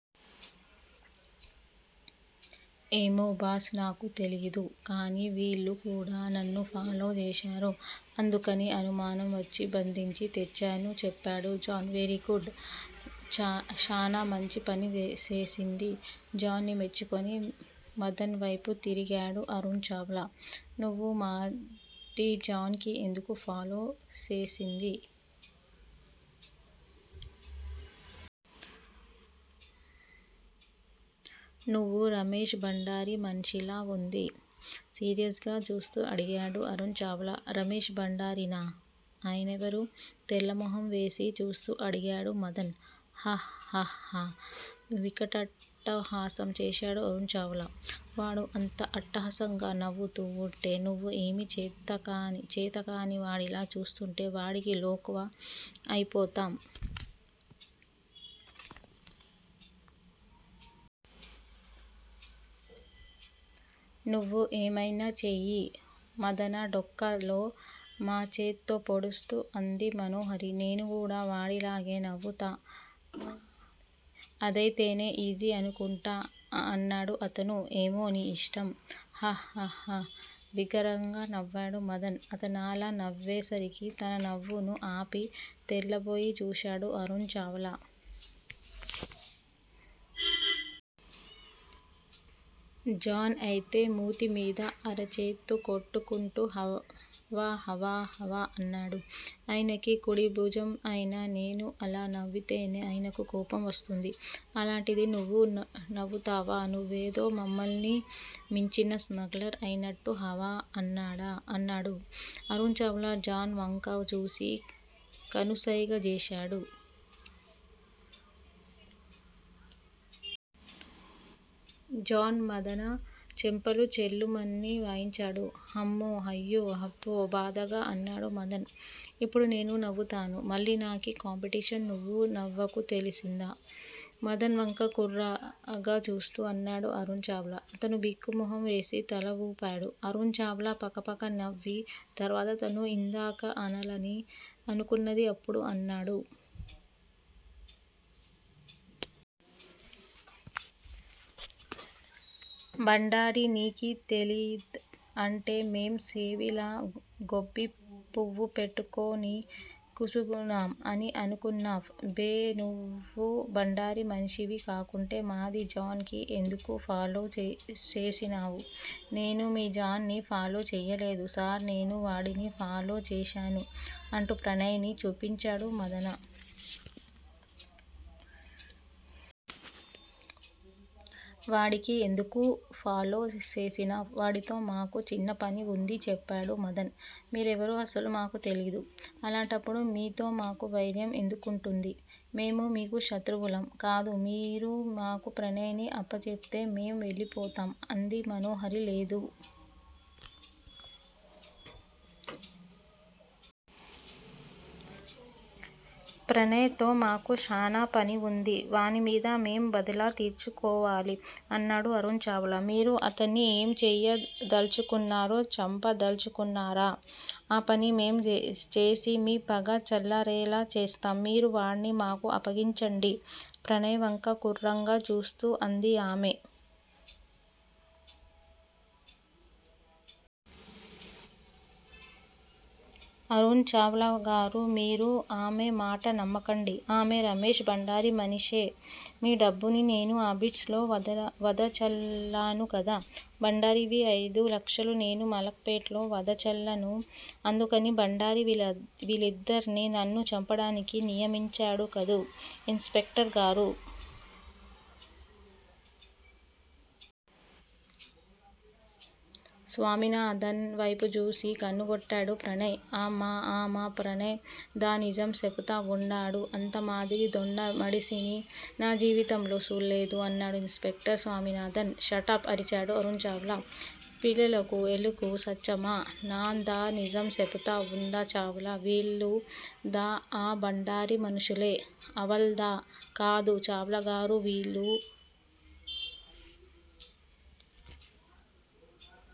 ఏమో బాస్ నాకు తెలీదు. కానీ వీళ్ళు కూడా నన్ను ఫాలో చేశారు. అందుకని అనుమానం వచ్చి బంధించి తెచ్చాను చెప్పాడు జాన్. వెరీగుడ్! శానా మంచి పని సేసింది జాన్ ని మెచ్చుకుని మదన్ వైపు తిరిగాడు అరుణ్ చావ్లా. నువ్వు మాది జాన్ కి ఎందుకు ఫాలో సేసింది? నువ్వు రమేష్ భండారీ మన్షీలా వుంది? సీరియస్ గా చూస్తూ అడిగాడు అరుణ్ చావ్లా. రమేష్ భండారీనా? ఆయనెవరు? తెల్లమొహం వేసి చూస్తూ అడిగాడు మదన్. హ్హహ్హహ్హ వికటాట్టహాసం చేశాడు అరుణ్ చావ్లా. వాడు అంత అట్టహాసంగా నవ్వుతూ వుంటే నువ్వు ఏమీ చేతకాని వాడిలా చూస్తుంటే వాడికి లోకువ అయిపోతాం. నువ్వూ ఏమైనా చెయ్యి మదన డొక్కలో మోచేత్తో పొడుస్తూ అంది మనోహరి. నేను కూడా వాడిలాగే నవ్వుతా అదైతేనే ఈజీ అనుకుంటా అన్నాడు అతను. ఏమో నీ ఇష్టం. హ్హ హ్హ హ్హ. బిగ్గరగా నవ్వాడు మదన్. అతనలా నవ్వేసరికి తన నవ్వును ఆపి తెల్లబోయి చూశాడు అరుణ్ చావ్లా. జాన్ అయితే మూతిమీద అరచేత్తో కొట్టుకుంటూ హవ్వ హవ్వ హవ్వ అన్నాడు. ఆయనకీ కుడిభుజం అయినా నేను అలా నవ్వితేనే ఆయనకు కోపం వస్తుంది అలాంటిది నువ్వు నవ్వుతావా నువ్వేదో మమ్మల్ని మించిన స్మగ్లర్ అయినట్టు హవ్వ అన్నాడు. అరుణ్ చావ్లా జాన్ వంక చూసి కనుసైగ చేశాడు. జాన్ మదన చెంపలు చెళ్ళుమని వాయించాడు. హమ్మో హయ్యో హబ్బో బాధగా అన్నాడు మదన. ఇప్పుడూ నేనూ నవ్వుతాను. మళ్ళీ నాకీ కాంపిటీషన్ నువ్వూ నవ్వకు తెల్సిందా? మదన్ వంక క్రూరంగా చూస్తూ అన్నాడు అరుణ్ చావ్లా. అతను బిక్కమొహంవేసి తల వూపాడు. అరుణ్ చావ్లా పకపకా నవ్వి తర్వాత తను యిందాక అనాలని అనుకున్నది అప్పుడు అన్నాడు. భండారీ నీకీ తెలీద్ అంటే మేం సేవిలా గోబ్బీపువ్వు పెట్కు నీ కూసునాం అని అనుకున్నావ్ బే నువ్వూ భండారీ మనిషివీ కాకుంటే మాదీ జాన్ కీ ఎంద్కూ ఫాలో సేసినావు? నేను మీ జాన్ ని ఫాలో చెయ్యలేదు సార్ నేను వాడిని ఫాలో చేశాను అంటూ ప్రణయ్ ని చూపించాడు మదన. వాడికీ ఎందుకూ ఫాలో సేసినావ్? వాడితో మాకు చిన్నపని వుంది చెప్పాడు మదన్. మీరెవరో అసలు మాకు తెలీదు అలాంటప్పుడు మీతో మాకు వైరం ఎందుకుంటుందీ? మేము మీకు శత్రువులం కాదు మీరు మాకు ప్రణయ్ ని అప్పజేప్తే మేం వెళ్ళిపోతాం అంది మనోహరి. లేదు! ప్రణయ్ తో మాకు శానా పని వుంది వానిమీద మేం బద్లా తీర్చుకోవాలి అన్నాడు అరుణ్ చావ్లా. మీరు అతన్ని ఏం చెయ్యదల్చుకున్నారు చంపదల్చుకున్నారా? ఆ పని మేం చేసి మీ పగ చల్లారేలా చేస్తాం మీరు వాడ్ని మాకు అప్పగించండి ప్రణయ్ వంక క్రూరంగా చూస్తూ అంది ఆమె. అరుణ్ చావ్లాగారూ మీరు ఆమె మాట నమ్మకండి. ఆమె రమేష్ భండారీ మనిషే మీ డబ్బుని నేను అబిడ్స్ లో వదచల్లాను కదా! భండారీవి అయిదు లక్షలు నేను మలక్ పేటలో వదచల్లాను అందుకని భండారీ వీళ్ళిద్దర్నీ నన్ను చంపడానికి నియమించాడు కదూ ఇన్స్ పెక్టర్ గారూ? స్వామినాథన్ వైపు చూసి కన్నుగొట్టాడు ప్రణయ్. అమా అమా ప్రణయ్ దా నిజం సెప్తా వుండాడు అంద మాదిరి దొడ్డ మడిసిని నా జీవితంలో సూళ్ళేదు అన్నాడు ఇన్స్ పెక్టర్ స్వామినాథన్. షటప్! అరిచాడు అరుణ్ చావ్లా. పిల్లుకు ఎలుకు సాచ్చమా? నాన్ దా నిజం సెప్తా వుందా చావ్లా వీళ్ళు దా ఆ భండారీ మనుషులే? అవళ్ దా. కాదు చావ్లాగారూ వీళ్ళు